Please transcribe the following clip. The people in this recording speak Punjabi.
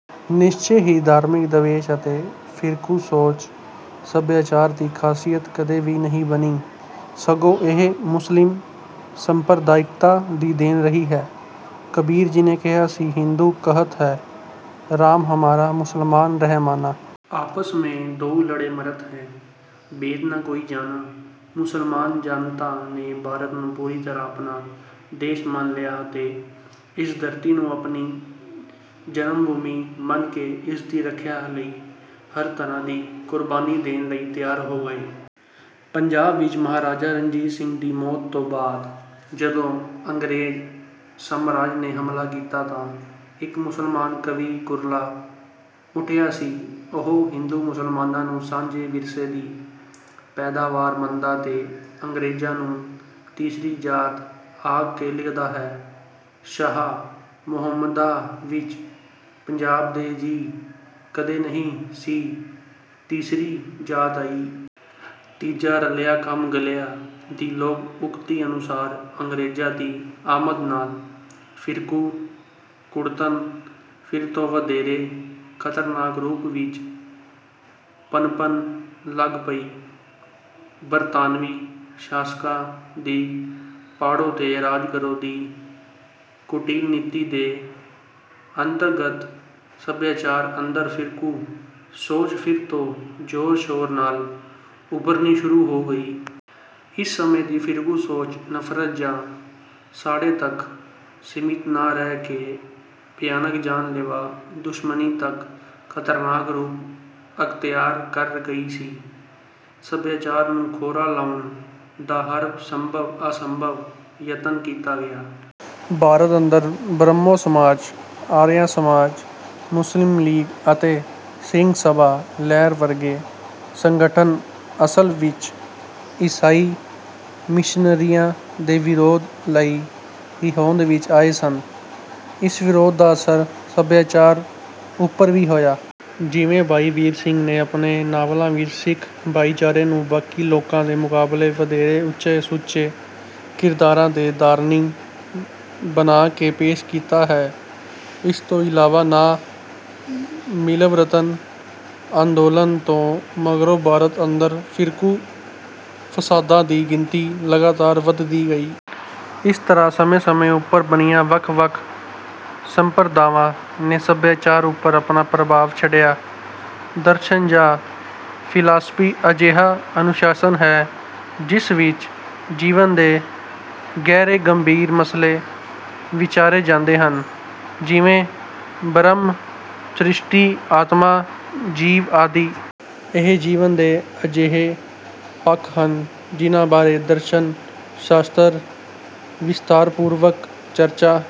ਨਿਸ਼ਚੇ ਹੀ ਧਾਰਮਿਕ ਦਵੈਸ਼ ਅਤੇ ਫਿਰਕੂ ਸੋਚ ਸੱਭਿਆਚਾਰ ਦੀ ਖਾਸੀਅਤ ਕਦੇ ਵੀ ਨਹੀਂ ਬਣੀ, ਸਗੋਂ ਇਹ ਮੁਸਲਿਮ ਸੰਪਰਦਾਇਕਤਾ ਦੀ ਦੇਣ ਰਹੀ ਹੈ। ਕਬੀਰ ਜੀ ਨੇ ਕਿਹਾ ਸੀ, "ਹਿੰਦੂ ਕਹਤ ਹੈ ਰਾਮ ਹਮਾਰਾ, ਮੁਸਲਮਾਨ ਰਹਿਮਾਨਾ। ਆਪਸ ਮੇਂ ਦੋਊ ਲੜੇ ਮਰਤ ਹੈਂ, ਭੇਦ ਨਾ ਕੋਈ ਜਾਨਾ।" ਮੁਸਲਮਾਨ ਜਨਤਾ ਨੇ ਭਾਰਤ ਨੂੰ ਪੂਰੀ ਤਰ੍ਹਾਂ ਆਪਣਾ ਦੇਸ਼ ਮੰਨ ਲਿਆ ਅਤੇ ਇਸ ਧਰਤੀ ਨੂੰ ਆਪਣੀ ਜਨਮਭੂਮੀ ਮੰਨ ਕੇ ਇਸਦੀ ਰੱਖਿਆ ਲਈ ਹਰ ਤਰ੍ਹਾਂ ਦੀ ਕੁਰਬਾਨੀ ਦੇਣ ਲਈ ਤਿਆਰ ਹੋ ਗਏ। ਪੰਜਾਬ ਵਿੱਚ ਮਹਾਰਾਜਾ ਰਣਜੀਤ ਸਿੰਘ ਦੀ ਮੌਤ ਤੋਂ ਬਾਅਦ ਜਦੋਂ ਅੰਗਰੇਜ਼ ਸਾਮਰਾਜ ਨੇ ਹਮਲਾ ਕੀਤਾ, ਤਾਂ ਇੱਕ ਮੁਸਲਮਾਨ ਕਵੀ ਕੁਰਲਾ ਉੱਠਿਆ ਸੀ। ਓ ਹਿੰਦੂ-ਮੁਸਲਮਾਨਾਂ ਨੂੰ 'ਸਾਂਝੇ ਵਿਰਸੇ' ਦੀ ਪੈਦਾਵਾਰ ਮੰਨਦਾ ਤੇ ਅੰਗਰੇਜ਼ਾਂ ਨੂੰ 'ਤੀਸਰੀ ਜਾਤ' ਆਖ ਕੇ ਲਿਖਦਾ ਹੈ "ਸ਼ਾਹ ਮੁਹੰਮਦਾ, ਵਿਚ ਪੰਜਾਬ ਦੇ ਜੀ, ਕਦੇ ਨਹੀਂ ਸੀ ਤੀਸਰੀ ਜਾਤ ਆਈ।" 'ਤੀਜਾ ਰਲਿਆ ਕੰਮ ਗਲਿਆ' ਦੀ ਲੋਕ-ਉਕਤੀ ਅਨੁਸਾਰ ਅੰਗਰੇਜ਼ਾਂ ਦੀ ਆਮਦ ਨਾਲ ਫ਼ਿਰਕੂ ਕੁੜੱਤਣ ਫਿਰ ਤੋਂ ਵਧੇਰੇ ਖ਼ਤਰਨਾਕ ਰੂਪ ਵਿੱਚ ਪਨਪਣ ਲੱਗ ਪਈ। ਬਰਤਾਨਵੀ ਸ਼ਾਸਕਾਂ ਦੀ 'ਪਾੜੋ ਤੇ ਰਾਜ ਕਰੋ' ਦੀ ਕੁਟਿਲ ਨੀਤੀ ਦੇ ਅੰਤਰਗਤ ਸਭਿਆਚਾਰ ਅੰਦਰ ਫ਼ਿਰਕੂ ਸੋਚ ਫਿਰ ਤੋਂ ਜ਼ੋਰ-ਸ਼ੋਰ ਨਾਲ ਉਭਰਨੀ ਸ਼ੁਰੂ ਹੋ ਗਈ। ਇਸ ਸਮੇਂ ਦੀ ਫ਼ਿਰਕੂ ਸੋਚ 'ਨਫ਼ਰਤ' ਜਾਂ 'ਸਾੜੇ' ਤੱਕ ਸੀਮਿਤ ਨਾ ਰਹਿ ਕੇ ਭਿਆਨਕ, ਜਾਨ-ਲੇਵਾ ਦੁਸ਼ਮਣੀ ਤੱਕ ਖ਼ਤਰਨਾਕ ਰੂਪ ਅਖ਼ਤਿਆਰ ਕਰ ਗਈ ਸੀ। ਸਭਿਆਚਾਰ ਨੂੰ ਖੋਰਾ ਲਾਉਣ ਦਾ ਹਰ ਸੰਭਵ-ਅਸੰਭਵ ਯਤਨ ਕੀਤਾ ਗਿਆ। ਭਾਰਤ ਅੰਦਰ ਬ੍ਰਹਮੋ ਸਮਾਜ, ਆਰੀਆ ਸਮਾਜ, ਮੁਸਲਿਮ ਲੀਗ, ਅਤੇ ਸਿੰਘ ਸਭਾ ਲਹਿਰ ਵਰਗੇ ਸੰਗਠਨ ਅਸਲ ਵਿੱਚ ਈਸਾਈ ਮਿਸ਼ਨਰੀਆਂ ਦੇ ਵਿਰੋਧ ਲਈ ਹੀ ਹੋਂਦ ਵਿੱਚ ਆਏ ਸਨ। ਇਸ ਵਿਰੋਧ ਦਾ ਅਸਰ ਸਭਿਆਚਾਰ ਉੱਪਰ ਵੀ ਹੋਇਆ। ਜਿਵੇਂ ਭਾਈ ਵੀਰ ਸਿੰਘ ਨੇ ਆਪਣੇ ਨਾਵਲਾਂ ਵਿੱਚ ਸਿੱਖ ਭਾਈਚਾਰੇ ਨੂੰ ਬਾਕੀ ਲੋਕਾਂ ਦੇ ਮੁਕਾਬਲੇ ਵਧੇਰੇ ਉੱਚੇ-ਸੁੱਚੇ ਕਿਰਦਾਰਾਂ ਦੇ ਧਾਰਨੀ ਬਣਾ ਕੇ ਪੇਸ਼ ਕੀਤਾ ਹੈ। ਇਸ ਤੋਂ ਇਲਾਵਾ ਨਾ-ਮਿਲਵਰਤਨ ਅੰਦੋਲਨ ਤੋਂ ਮਗਰੋਂ ਭਾਰਤ ਅੰਦਰ ਫਿਰਕੂ ਫਸਾਦਾਂ ਦੀ ਗਿਣਤੀ ਲਗਾਤਾਰ ਵਧਦੀ ਗਈ। ਇਸ ਤਰ੍ਹਾਂ ਸਮੇਂ-ਸਮੇਂ ਉੱਪਰ ਬਣੀਆਂ ਵੱਖ-ਵੱਖ ਸੰਪਰਦਾਵਾਂ ਨੇ ਸਭਿਆਚਾਰ ਉੱਪਰ ਆਪਣਾ ਪ੍ਰਭਾਵ ਛੱਡਿਆ। ਦਰਸ਼ਨ ਜਾਂ ਫਿਲਾਸਫੀ ਅਜਿਹਾ ਅਨੁਸ਼ਾਸਨ ਹੈ, ਜਿਸ ਵਿੱਚ ਜੀਵਨ ਦੇ ਗਹਿਰੇ-ਗੰਭੀਰ ਮਸਲੇ ਵਿਚਾਰੇ ਜਾਂਦੇ ਹਨ, ਜਿਵੇਂ: ਬ੍ਰਹਮ, ਸ੍ਰਿਸ਼ਟੀ, ਆਤਮਾ, ਜੀਵ ਆਦਿ। ਇਹ ਜੀਵਨ ਦੇ ਅਜਿਹੇ ਪੱਖ ਹਨ ਜਿਨ੍ਹਾਂ ਬਾਰੇ ਦਰਸ਼ਨ-ਸ਼ਾਸਤਰ ਵਿਸਥਾਰਪੂਰਵਕ ਚਰਚਾ